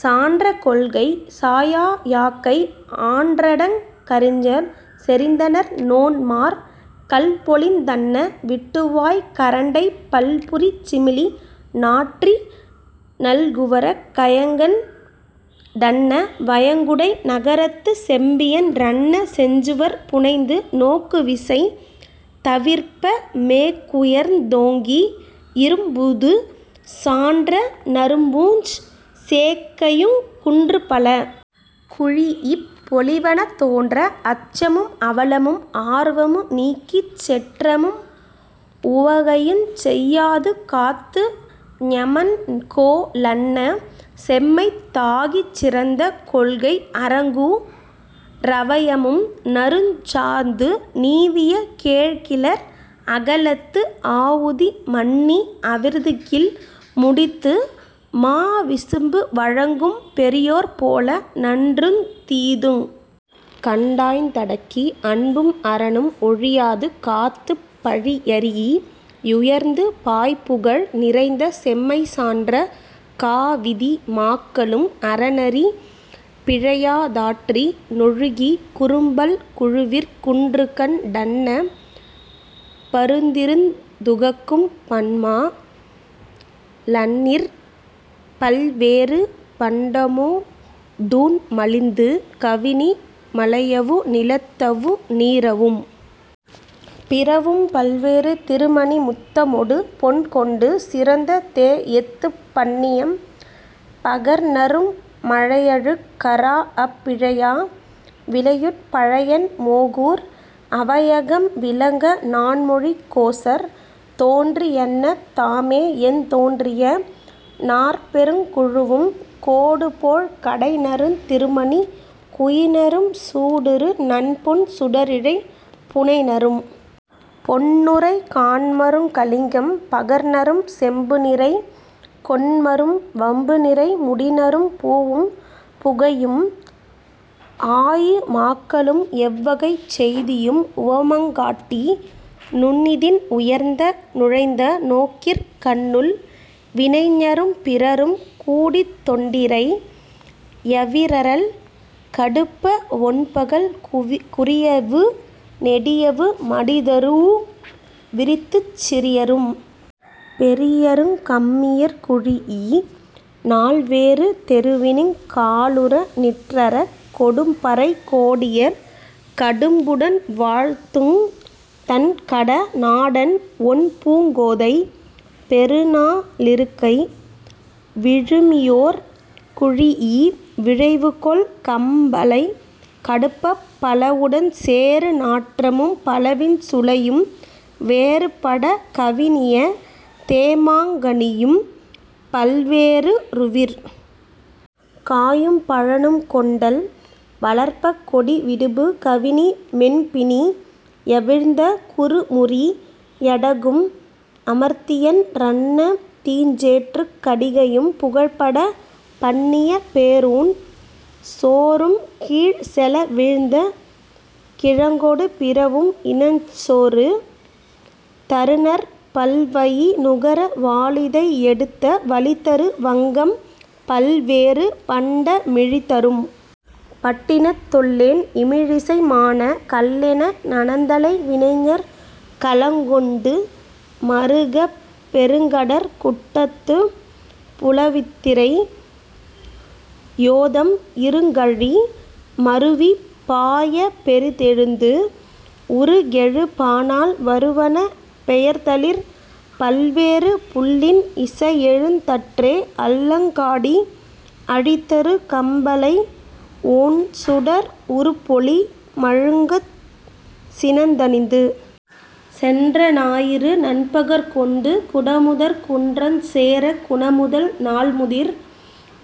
சான்ற கொள்கைச் சாயா யாக்கை ஆன்றடங் கறிஞர் செறிந்தனர் நோன்மார் கல்பொளிந் தன்ன விட்டுவாய்க் கரண்டைப் பல்புரிச் சிமிலி நாற்றி நல்குவரக் கயங்கண் டன்ன வயங்குடை நகரத்துச் செம்பியன் றன்ன செஞ்சுவர் புனைந்து நோக்குவிசை தவிர்ப்ப மேக்குயர்ந் தோங்கி இறும்பூது சான்ற நறும்பூஞ் சேக்கையுங் குன்றுபல குழீஇப் பொலிவன தோன்ற அச்சமும் அவலமும் ஆர்வமு நீக்கிச் செற்றமும் உவகையுஞ் செய்யாது காத்து ஞெமன்கோ லன்ன செம்மைத் தாகிச் சிறந்த கொள்கை அறங்கூ றவையமும் நறுஞ்சாந்து நீவிய கேழ்கிளர் அகலத்து ஆவுதி மண்ணி அவிர்துகில் முடித்து மாவிசும்பு வழங்கும் பெரியோர் போல நன்றுந் தீதுங் கண்டாய்ந் தடக்கி அன்பும் அறனும் ஒழியாது காத்துப் பழியரீஇ யுயர்ந்து பாய்புகழ் நிறைந்த செம்மை சான்ற காவிதி மாக்களும் அறநெறி பிழையா தாற்றி னொழுகி குறும்பல் குழுவிற் குன்றுகண் டன்ன பருந்திருந் துகக்கும் பன்மா ணல்லிற் பல்வேறு பண்டமொ டூண்மலிந்து கவினி மலையவு நிலத்தவு நீரவும் பிறவும் பல்வேறு திருமணி முத்தமொடு பொன்கொண்டு சிறந்த தேஎத்துப் பண்ணியம் பகர்நரும் மழையழுக் கறாஅப் பிழையா விளையுட் பழையன் மோகூர் அவையகம் விளங்க நான்மொழிக் கோசர் தோன்றி யன்ன தாமேஎந் தோன்றிய நாற்பெருங் குழுவும் கோடுபோழ் கடைநருந் திருமணி குயினரும் சூடுறு நன்பொன் சுடரிழை புனைநரும் பொன்னுரை காண்மருங் கலிங்கம் பகர்நரும் செம்புநிறை கொண்மரும் வம்புநிறை முடிநரும் பூவும் புகையும் ஆயு மாக்களும் எவ்வகைச் செய்தியும் உவமங் காட்டி நுண்ணிதின் உணர்ந்த நுழைந்த நோக்கிற் கண்ணுள் வினைஞரும் பிறரும் கூடித் தெண்டிரை யவிரறல் கடுப்ப வொண்பகல் குறியவு நெடியவு மடிதரூஉ விரித்துச் சிறியரும் பெரியருங் கம்மியர் குழீஇ நால்வேறு தெருவினுங் காலுற நிற்றரக் கொடும்பறைக் கோடியர் கடும்புடன் வாழ்த்துந் தண்கட னாடன் ஒண்பூங் கோதை பெருநா ளிருக்கை விழுமியோர் குழீஇ விழைவுகொள் கம்பலை கடுப்பப் பலவுடன் சேறு நாற்றமும் பலவின் சுளையும் வேறுபடக் கவினிய தேமாங் கனியும் பல்வே றுருவிற் காயும் பழனும் கொண்டல் வளர்ப்பக் கொடிவிடுபு கவினி மென்பிணி யவிழ்ந்த குறுமுறி யடகும் அமிர்தியன் றன்ன தீஞ்சேற்றுக் கடிகையும் புகழ்படப் பண்ணிய பேரூன் சோறும் கீழ்செல வீழ்ந்த கிழங்கொடு பிறவும் இன்சோறு தருநர் பல்வயி னுகர வாலிதை எடுத்த வளிதரு வங்கம் பல்வேறு பண்ட மிழிதரும் பட்டினத் தொல்லென் இமிழிசை மானக் கல்லென நனந்தலை வினைஞர் கலங்கொண்டு மறுகப் பெருங்கடற் குட்டத்துப் புலவுத்திரை யோதம் இருங்கழி மருவிப் பாயப் பெரிதெழுந்து உருகெழு பானாள் வருவன பெயர்தலிற் பல்வேறு புள்ளின் இசையெழுந் தற்றே அல்லங் காடி அழிதரு கம்பலை ஒண்சுடர் உருப்பொளி மழுங்கச் சினந்தணிந்து சென்ற ஞாயிறு நன்பகற் கொண்டு குடமுதற் குன்றஞ் சேரக் குணமுதல் நாள்முதிர்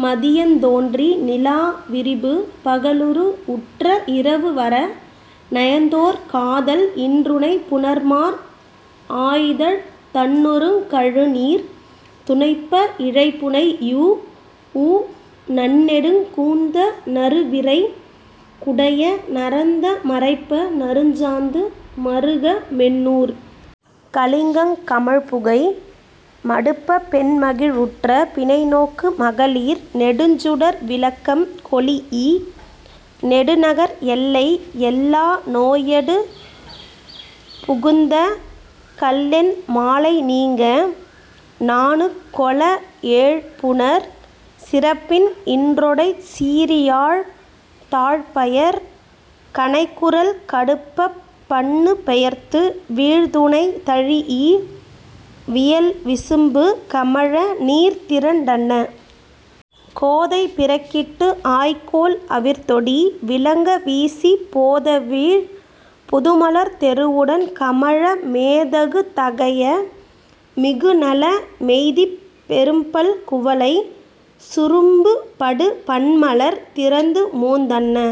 மதியந் தோன்றி நிலாவிரிபு பகலுரு வுற்ற இரவுவர நயந்தோர் காதல் இன்றுணை புணர்மார் ஆயிதழ்த் தண்ணறுங் கழுநீர் துணைப்ப இழைபுனையூஉ நன்னெடுங் கூந்த னறுவிரை குடைய நரந்த மரைப்ப நறுஞ்சாந்து மறுக மென்னூற் கலிங்கங் கமழ்புகை மடுப்பப் பெண்மகிழ் வுற்ற பிணைநோக்கு மகளிர் நெடுஞ்சுடர் விளக்கம் கொளீஇ நெடுநகர் எல்லை எல்லா நோயடு புகுந்து கல்லென் மாலை நீங்க நாணுக்கொள ஏழ்புணர் சிறப்பின் இன்றொடைச் சீறியாழ் தாழ்பயற் கனைகுரல் கடுப்பப் பண்ணுப்பெயர்த்து வீழ்துணை தழீஇ வியல்விசும்பு கமழ நீர்திரண் டன்ன கோதை பிறக்கிட்டு ஆய்கோல் அவிர்தொடி விளங்க வீசிப் போதவிழ் புதுமலர் தெருவுடன் கமழ மேதகு தகைய மிகுநல மெய்திப் பெரும்பல் குவளைச் சுரும்புபடு பன்மலர் திறந்துமோந் தன்ன